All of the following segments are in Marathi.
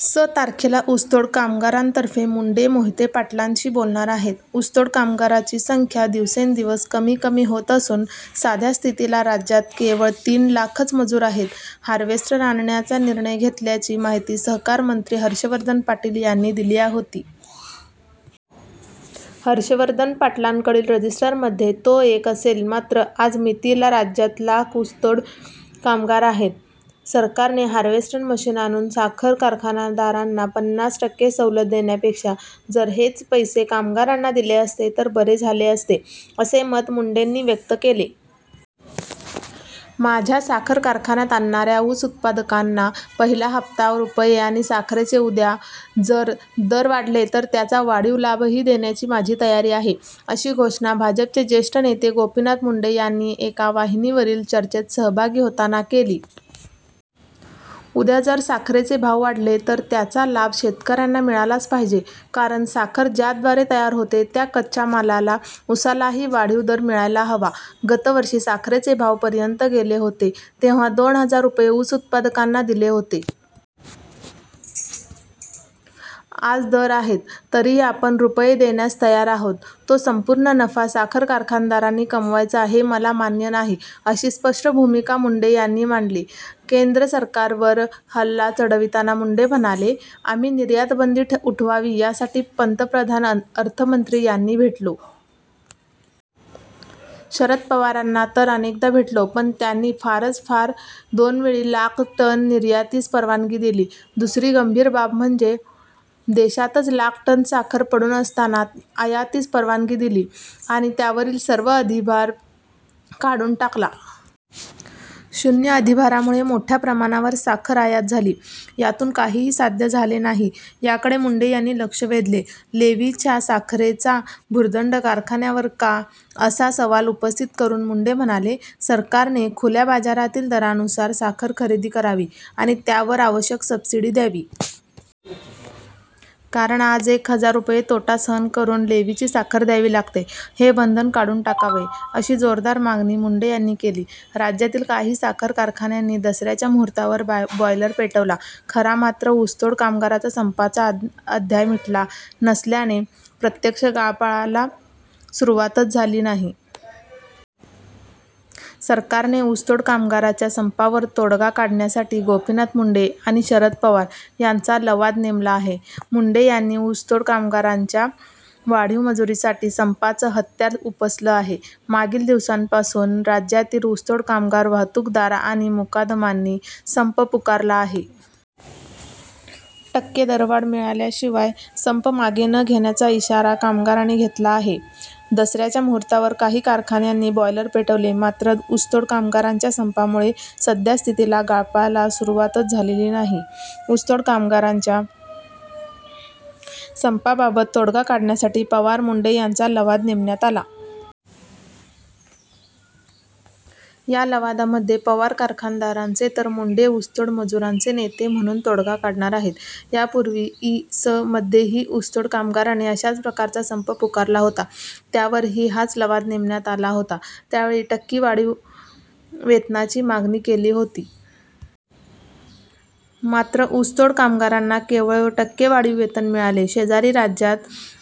स. तारखेला ऊसतोड कामगारांतर्फे मुंडे मोहिते-पाटलांशी बोलणार आहेत. ऊसतोड कामगाराची संख्या दिवसेन्दिवस कमी कमी होत असून साध्या स्थितीला राज्यात केवळ तीन लाखच मजूर आहेत. हार्वेस्टर आणण्याचा निर्णय घेतल्याची माहिती सहकार मंत्री हर्षवर्धन पाटील यांनी दिली होती. हर्षवर्धन पाटलांकडील रजिस्टरमध्ये तो एक असेल मात्र आज मितीला राज्यात लाख ऊसतोड कामगार आहेत. सरकारने हार्वेस्टर मशीन आणून साखर कारखानदारांना पन्नास टक्के सवलत देण्यापेक्षा जर हेच पैसे कामगारांना दिले असते, तर बरे झाले असते असे मत मुंडेंनी व्यक्त केले. माझ्या साखर कारखान्यात आणणाऱ्या ऊस उत्पादकांना पहिला हप्ता रुपये आणि साखरेचे उद्या जर दर वाढले तर त्याचा वाढीव लाभही देण्याची माझी तयारी आहे अशी घोषणा भाजपचे ज्येष्ठ नेते गोपीनाथ मुंडे यांनी एका वाहिनीवरील चर्चेत सहभागी होताना केली. उद्या जर साखरेचे भाव वाढले तर त्याचा लाभ शेतकऱ्यांना मिळालाच पाहिजे कारण साखर ज्याद्वारे तयार होते, त्या कच्च्या मालाला-उसालाही वाढीव दर मिळायला हवा. गतवर्षी साखरेचे भाव पर्यंत गेले होते. तेव्हा दोन हजार रुपये ऊस उत्पादकांना दिले होते. आज दर आहेत. तरीही आपण रुपये देण्यास तयार आहोत. तो सम्पूर्ण नफा साखर कारखानदारांनी कमवायचा हे मला मान्य नाही अशी स्पष्ट भूमिका मुंडे यांनी मांडली. केंद्र सरकारवर हल्ला चढविताना मुंडे म्हणाले, आम्ही निर्यातबंदी उठवावी यासाठी पन्तप्रधान, अर्थमंत्री यांनी भेटलो. शरद पवारांना तर अनेकदा भेटलो. पण, त्यांनी फारच फार दोनवेळी - लाख टन निर्यातीस परवानगी दिली. दुसरी गंभीर बाब म्हणजे देशातच लाख टन साखर पडून असताना आयातीस परवानगी दिली आणि त्यावरील सर्व अधिभार काढून टाकला. शून्य अधिभारामुळे मोठ्या प्रमाणावर साखर आयात झाली. यातून काहीही साध्य झाले नाही याकडे मुंडे यांनी लक्ष वेधले. लेव्हीच्या साखरेचा भुर्दण्ड कारखान्यावर का, असा सवाल उपस्थित करून मुंडे म्हणाले, सरकारने खुल्या बाजारातील दरानुसार साखर खरेदी करावी आणि त्यावर आवश्यक सबसिडी द्यावी. कारण आज एक हजार रुपये तोटा सहन करून लेव्हीची साखर द्यावी लागते. हे बंधन काढून टाकावे, अशी जोरदार मागणी मुंडे यांनी केली.। राज्यातील काही साखर कारखान्यांनी दसऱ्याच्या मुहूर्तावर बॉयलर पेटवला खरा मात्र ऊसतोड कामगाराचा सम्पाचा अध्याय मिटला नसल्याने प्रत्यक्ष गाळपाला सुरुवातच झाली नाही. सरकारने ऊसतोड कामगाराच्या संपावर तोडगा काढण्यासाठी गोपीनाथ मुंडे आणि शरद पवार यांचा लवाद नेमला आहे. मुंडे यांनी ऊसतोड कामगारांच्या वाढीव मजुरीसाठी सम्पाचं हत्यार उपसलं आहे. मागील दिवसांपासून राज्यातील ऊसतोड कामगार, वाहतूकदार आणि मुकादमांनी सम्प पुकारला आहे. टक्के दरवाढ मिळाल्याशिवाय सम्प मागे न घेण्याचा इशारा कामगारांनी घेतला आहे. दसऱ्याच्या मुहूर्तावर काही कारखान्यांनी बॉयलर पेटवले, मात्र ऊसतोड कामगारांच्या सम्पामुळे सद्यास्थितीला गाळपाला सुरुवातच झालेली नाही. ऊसतोड कामगारांच्या सम्पाबाबत तोडगा काढण्यासाठी पवार-मुंडे यांचा लवाद नेमण्यात आला. या लवादामध्ये पवार कारखानदारांचे तर मुंडे ऊसतोड मजुरांचे नेते म्हणून तोडगा काढणार आहेत. यापूर्वी इ. स. मध्येही ऊसतोड कामगारांनी अशाच प्रकारचा सम्प पुकारला होता. त्यावरही हाच लवाद नेमण्यात आला होता. त्यावेळी टक्के वाढीव वेतनाची मागणी केली होती. मात्र ऊसतोड कामगारांना केवळ टक्के वाढीव वेतन मिळाले. शेजारी राज्यात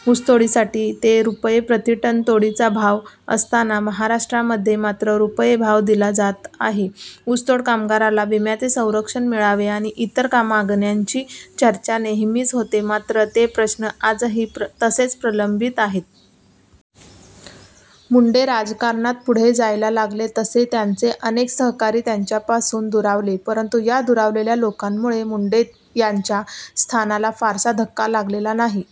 ऊसतोडीसाठी ते रुपये प्रतिटन तोडीचा भाव असताना महाराष्ट्रामध्ये मात्र रुपये भाव दिला जात आहे. ऊसतोड कामगाराला विम्याचे संरक्षण मिळावे आणि इतर मागण्यांची चर्चा नेहमीच होते मात्र ते प्रश्न आजही तसेच प्रलम्बित आहे. मुंडे राजकारणात पुढे जायला लागले तसे त्यांचे अनेक सहकारी त्यांच्यापासून दुरावले परंतु या दुरावलेल्या लोकांमुळे मुंडे यांच्या स्थानाला फारसा धक्का लागलेला नाही.